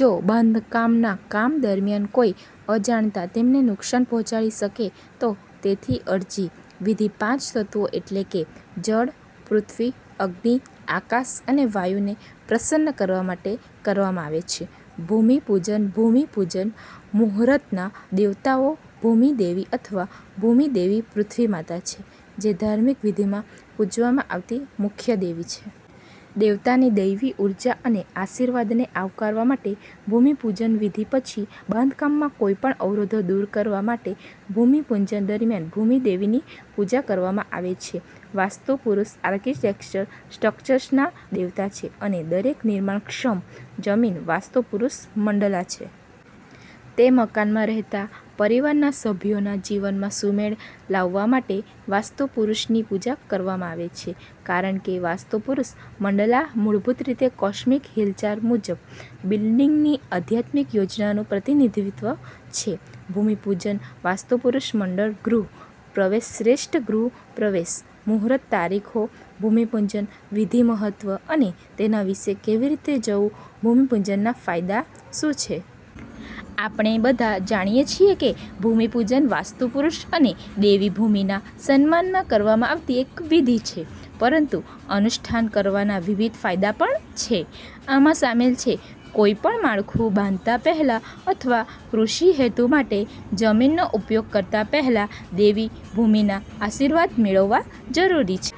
જો બાંધકામના કામ દરમિયાન કોઈ અજાણતા તેમને નુકસાન પહોંચાડી શકે તો, તેથી, અરજી. વિધિ પાંચ તત્વો એટલે કે જળ, પૃથ્વી, અગ્નિ, આકાશ અને વાયુને પ્રસન્ન કરવા માટે કરવામાં આવે છે. ભૂમિ પૂજનભૂમિ પૂજન મુહૂર્તના દેવતાઓ ભૂમિ દેવી અથવા ભૂમિ દેવીપૃથ્વી માતા છે જેધાર્મિક વિધિમાં પૂજવામાં આવતી મુખ્ય દેવી છે. દેવતાની દૈવી ઉર્જા અને આશીર્વાદને આવકારવા માટે, ભૂમિ પૂજન વિધિ પછી બાંધકામમાં કોઈપણ અવરોધો દૂર કરવા માટે ભૂમિ પૂજન દરમિયાન ભૂમિ દેવીની પૂજા કરવામાં આવે છે. વાસ્તુ પુરૂષઆર્કિટેક્ચરલ સ્ટ્રક્ચર્સના દેવતા છે, અને દરેક નિર્માણક્ષમ જમીન 'વાસ્તુ પુરુષ મંડલા' છે. તે મકાનમાં રહેતા પરિવારના સભ્યોના જીવનમાં સુમેળ લાવવા માટે વાસ્તુ પુરૂષની પૂજા કરવામાં આવે છે, કારણ કે વાસ્તુ પુરૂષ મંડલા મૂળભૂત રીતે કોસ્મિક હિલચાલ મુજબ બિલ્ડિંગની આધ્યાત્મિક યોજનાનું પ્રતિનિધિત્વ છે. ભૂમિ પૂજન વાસ્તુ પુરુષ મંડળ ગૃહ પ્રવેશશ્રેષ્ઠ ગૃહ પ્રવેશ મુહૂર્ત તારીખો, ભૂમિ પૂજન વિધિમહત્વ અને તેના વિશે કેવી રીતે જવું, ભૂમિપૂજનના ફાયદા શું છે? આપણે બધા જાણીએ છીએ કે ભૂમિપૂજનવાસ્તુ પુરૂષ અને દેવી ભૂમિ ના સન્માનમાં કરવામાં આવતી એક વિધિ છે. પરંતુઅનુષ્ઠાન કરવાના વિવિધ ફાયદા પણ છે. આમાં શામેલ છેકોઈપણ માળખું બાંધતા પહેલા અથવા કૃષિ હેતુ માટે જમીનનો ઉપયોગ કરતા પહેલા, દેવી ભૂમિના આશીર્વાદ મેળવવા જરૂરી છે.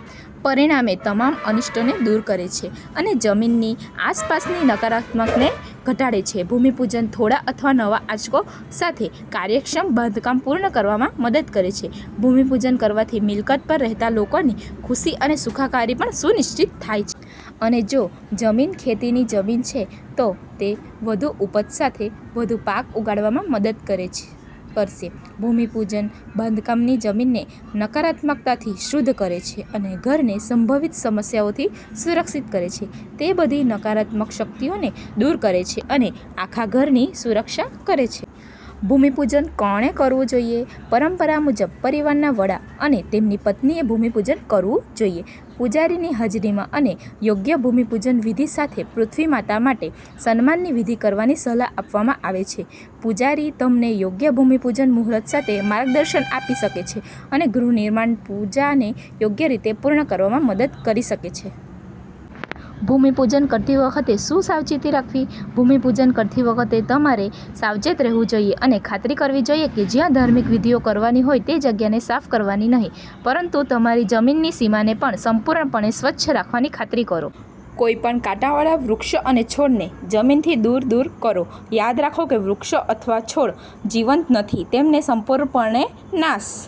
પરિણામે, તમામ અનિષ્ટોને દૂર કરે છે અને જમીનની આસપાસની નકારાત્મકતાને ઘટાડે છે. ભૂમિપૂજન થોડા અથવા નવા આંચકો સાથે કાર્યક્ષમ બાંધકામ પૂર્ણ કરવામાં મદદ કરે છે. ભૂમિપૂજન કરવાથી મિલકત પર રહેતા લોકોની ખુશી અને સુખાકારી પણ સુનિશ્ચિત થાય છે. અને જો જમીન ખેતીની જમીન છે, તો તે વધુ ઉપજ સાથે વધુ પાક ઉગાડવામાં મદદ કરશે. ભૂમિપૂજન બાંધકામની જમીનને નકારાત્મકતાથી શુદ્ધ કરે છે અને ઘરને સંભવિત સમસ્યાઓથી સુરક્ષિત કરે છે. તે બધી નકારાત્મક શક્તિઓને દૂર કરે છે અને આખા ઘરની સુરક્ષા કરે છે. ભૂમિપૂજન કોણે કરવું જોઈએ? પરંપરા મુજબ, પરિવારના વડા અને તેમની પત્નીએ ભૂમિપૂજન કરવું જોઈએ. પૂજારીની હાજરીમાં અને યોગ્ય ભૂમિપૂજન વિધિ સાથે પૃથ્વી માતા માટેસન્માનની વિધિ કરવાની સલાહ આપવામાં આવે છે. પૂજારી તમને યોગ્ય ભૂમિ પૂજન મુહૂર્ત સાથે માર્ગદર્શન આપી શકે છે અને ગૃહ નિર્માણ પૂજાને યોગ્ય રીતે પૂર્ણ કરવામાં મદદ કરી શકે છે. ભૂમિપૂજન કરતી વખતે શું સાવચેતી રાખવી? ભૂમિપૂજન કરતી વખતે, તમારે સાવચેત રહેવું જોઈએ અને ખાતરી કરવી જોઈએ કે જ્યાં ધાર્મિક વિધિઓ કરવાની હોય તે જગ્યાને સાફ કરવાનીનહીં પરંતુ તમારી જમીનની સીમાને પણ સંપૂર્ણપણે સ્વચ્છ રાખવાની ખાતરી કરો. કોઈપણ કાંટાવાળા વૃક્ષો અને છોડને જમીનથી દૂર દૂર કરો. યાદ રાખો કે વૃક્ષો અથવા છોડ જીવંત નથીતેમને સંપૂર્ણપણે નાશ